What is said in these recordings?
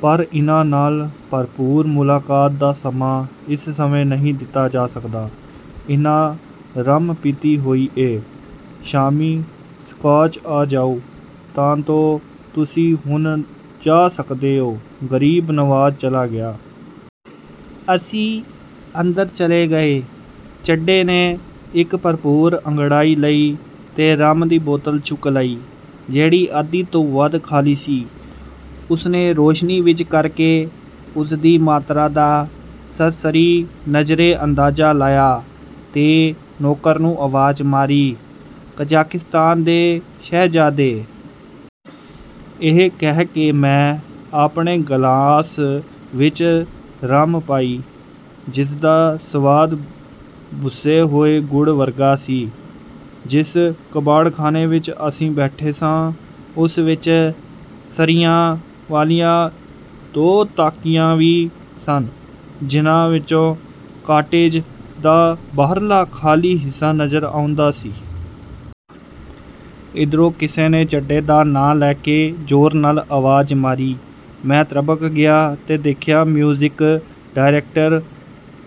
ਪਰ ਇਹਨਾਂ ਨਾਲ ਭਰਪੂਰ ਮੁਲਾਕਾਤ ਦਾ ਸਮਾਂ ਇਸ ਸਮੇਂ ਨਹੀਂ ਦਿੱਤਾ ਜਾ ਸਕਦਾ। ਇਹਨਾਂ ਰੰਮ ਪੀਤੀ ਹੋਈ ਏ। ਸ਼ਾਮੀਂ ਸਕਾਚ ਆ ਜਾਉ ਤਾਂ ਤੋ ਤੁਸੀਂ ਹੁਣ ਜਾ ਸਕਦੇ ਓ। " ਗਰੀਬ ਨਵਾਜ਼ ਚਲਾ ਗਿਆ। ਅਸੀਂ ਅੰਦਰ ਚਲੇ ਗਏ। ਚੱਡੇ ਨੇ ਇਕ ਭਰਪੂਰ ਅੰਗੜਾਈ ਲਈ ਤੇ ਰੰਮ ਦੀ ਬੋਤਲ ਚੁੱਕ ਲਈ, ਜਿਹੜੀ ਅੱਧੀ ਤੋਂ ਵੱਧ ਖ਼ਾਲੀ ਸੀ। ਉਸਨੇ ਰੋਸ਼ਨੀ ਵਿਚ ਕਰਕੇ ਉਸਦੀ ਮਾਤਰਾ ਦਾ ਸਰਸਰੀ ਨਜ਼ਰੇ ਅੰਦਾਜ਼ਾ ਲਾਇਆ ਤੇ ਨੌਕਰ ਨੂੰ ਆਵਾਜ਼ ਮਾਰੀ, "ਕਜਾਕਿਸਤਾਨ ਦੇ ਸ਼ਹਿਜ਼ਾਦੇ! " ਇਹ ਕਹਿ ਕੇ ਮੈਂ ਆਪਣੇ ਗਲਾਸ ਵਿਚ ਰੰਮ ਪਾਈ, ਜਿਸਦਾ ਸਵਾਦ ਬੁਸੇ ਹੋਏ ਗੁੜ ਵਰਗਾ ਸੀ। ਜਿਸ ਕਬਾੜਖਾਨੇ ਵਿਚ ਅਸੀਂ ਬੈਠੇ ਸਾਂ, ਉਸ ਵਿਚ ਸਰੀਆਂ ਵਾਲੀਆਂ ਦੋ ਤਾਕੀਆਂ ਵੀ ਸਨ ਜਿਹਨਾਂ ਵਿਚੋਂ ਕਾਟੇਜ ਦਾ ਬਾਹਰਲਾ ਖਾਲੀ ਹਿੱਸਾ ਨਜ਼ਰ ਆਉਂਦਾ ਸੀ। ਇਧਰੋਂ ਕਿਸੇ ਨੇ ਚੱਡੇ ਦਾ ਨਾਂਅ ਲੈ ਕੇ ਜ਼ੋਰ ਨਾਲ ਆਵਾਜ਼ ਮਾਰੀ। ਮੈਂ ਤ੍ਰਬਕ ਗਿਆ ਤੇ ਦੇਖਿਆ ਮਿਊਜ਼ਿਕ ਡਾਇਰੈਕਟਰ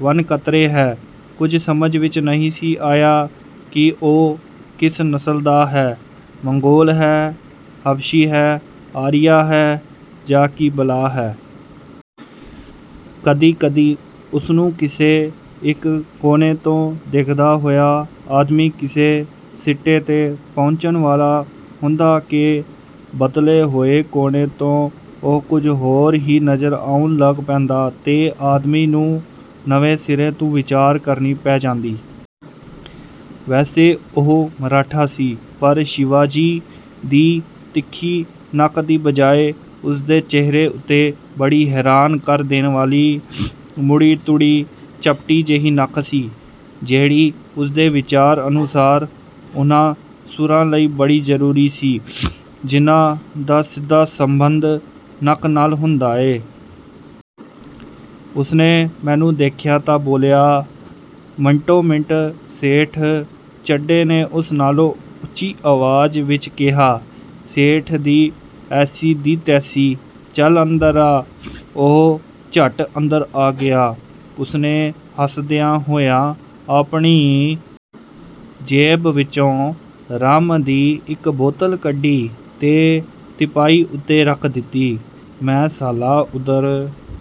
ਵਣਕਤਰੇ ਹੈ। ਕੁਝ ਸਮਝ ਵਿਚ ਨਹੀਂ ਸੀ ਆਇਆ ਕਿ ਉਹ ਕਿਸ ਨਸਲ ਦਾ ਹੈ, ਮੰਗੋਲ ਹੈ, ਹਬਸ਼ੀ ਹੈ, ਆਰੀਆ ਹੈ ਜਾਂ ਕੀ ਬਲਾਅ ਹੈ! ਕਦੀ-ਕਦੀ ਉਸਨੂੰ ਕਿਸੇ ਇਕ ਕੋਨੇ ਤੋਂ ਦੇਖਦਾ ਹੋਇਆ ਆਦਮੀ ਕਿਸੇ ਸਿੱਟੇ 'ਤੇ ਪਹੁੰਚਣ ਵਾਲਾ ਹੁੰਦਾ ਕਿ ਬਦਲੇ ਹੋਏ ਕੋਨੇ ਤੋਂ ਉਹ ਕੁਝ ਹੋਰ ਹੀ ਨਜ਼ਰ ਆਉਣ ਲੱਗ ਪੈਂਦਾ ਤੇ ਆਦਮੀ ਨੂੰ ਨਵੇਂ ਸਿਰੇ ਤੋਂ ਵਿਚਾਰ ਕਰਨੀ ਪੈ ਜਾਂਦੀ। ਵੈਸੇ ਉਹ ਮਰਾਠਾ ਸੀ, ਪਰ ਸ਼ਿਵਾ ਜੀ ਦੀ ਤਿੱਖੀ ਨੱਕ ਦੀ ਬਜਾਏ ਉਸਦੇ ਚਿਹਰੇ ਉੱਤੇ ਬੜੀ ਹੈਰਾਨ ਕਰ ਦੇਣ ਵਾਲੀ ਮੁੜੀ-ਤੁੜੀ, ਚਪਟੀ ਜਿਹੀ ਨੱਕ ਸੀ, ਜਿਹੜੀ ਉਸਦੇ ਵਿਚਾਰ ਅਨੁਸਾਰ ਉਹਨਾਂ ਸੁਰਾਂ ਲਈ ਬੜੀ ਜ਼ਰੂਰੀ ਸੀ, ਜਿਹਨਾਂ ਦਾ ਸਿੱਧਾ ਸੰਬੰਧ ਨੱਕ ਨਾਲ ਹੁੰਦਾ ਹੈ। ਉਸਨੇ ਮੈਨੂੰ ਦੇਖਿਆ ਤਾਂ ਬੋਲਿਆ, "ਮੰਟੋ-ਮੰਟੋ ਸੇਠ! " ਚੱਡੇ ਨੇ ਉਸ ਨਾਲੋਂ ਉੱਚੀ ਆਵਾਜ਼ ਵਿਚ ਕਿਹਾ, "ਸੇਠ ਦੀ ਐਸੀ ਦੀ ਤੈਸੀ-ਚੱਲ, ਅੰਦਰ ਆ! " ਉਹ ਝੱਟ ਅੰਦਰ ਆ ਗਿਆ। ਉਸਨੇ ਹੱਸਦਿਆਂ ਹੋਇਆਂ ਆਪਣੀ ਜੇਬ ਵਿਚੋਂ ਰੰਮ ਦੀ ਇਕ ਬੋਤਲ ਕੱਢੀ ਤੇ ਤਿਪਾਈ ਉੱਤੇ ਰੱਖ ਦਿੱਤੀ, "ਮੈਂ ਸਾਲਾ ਉਧਰ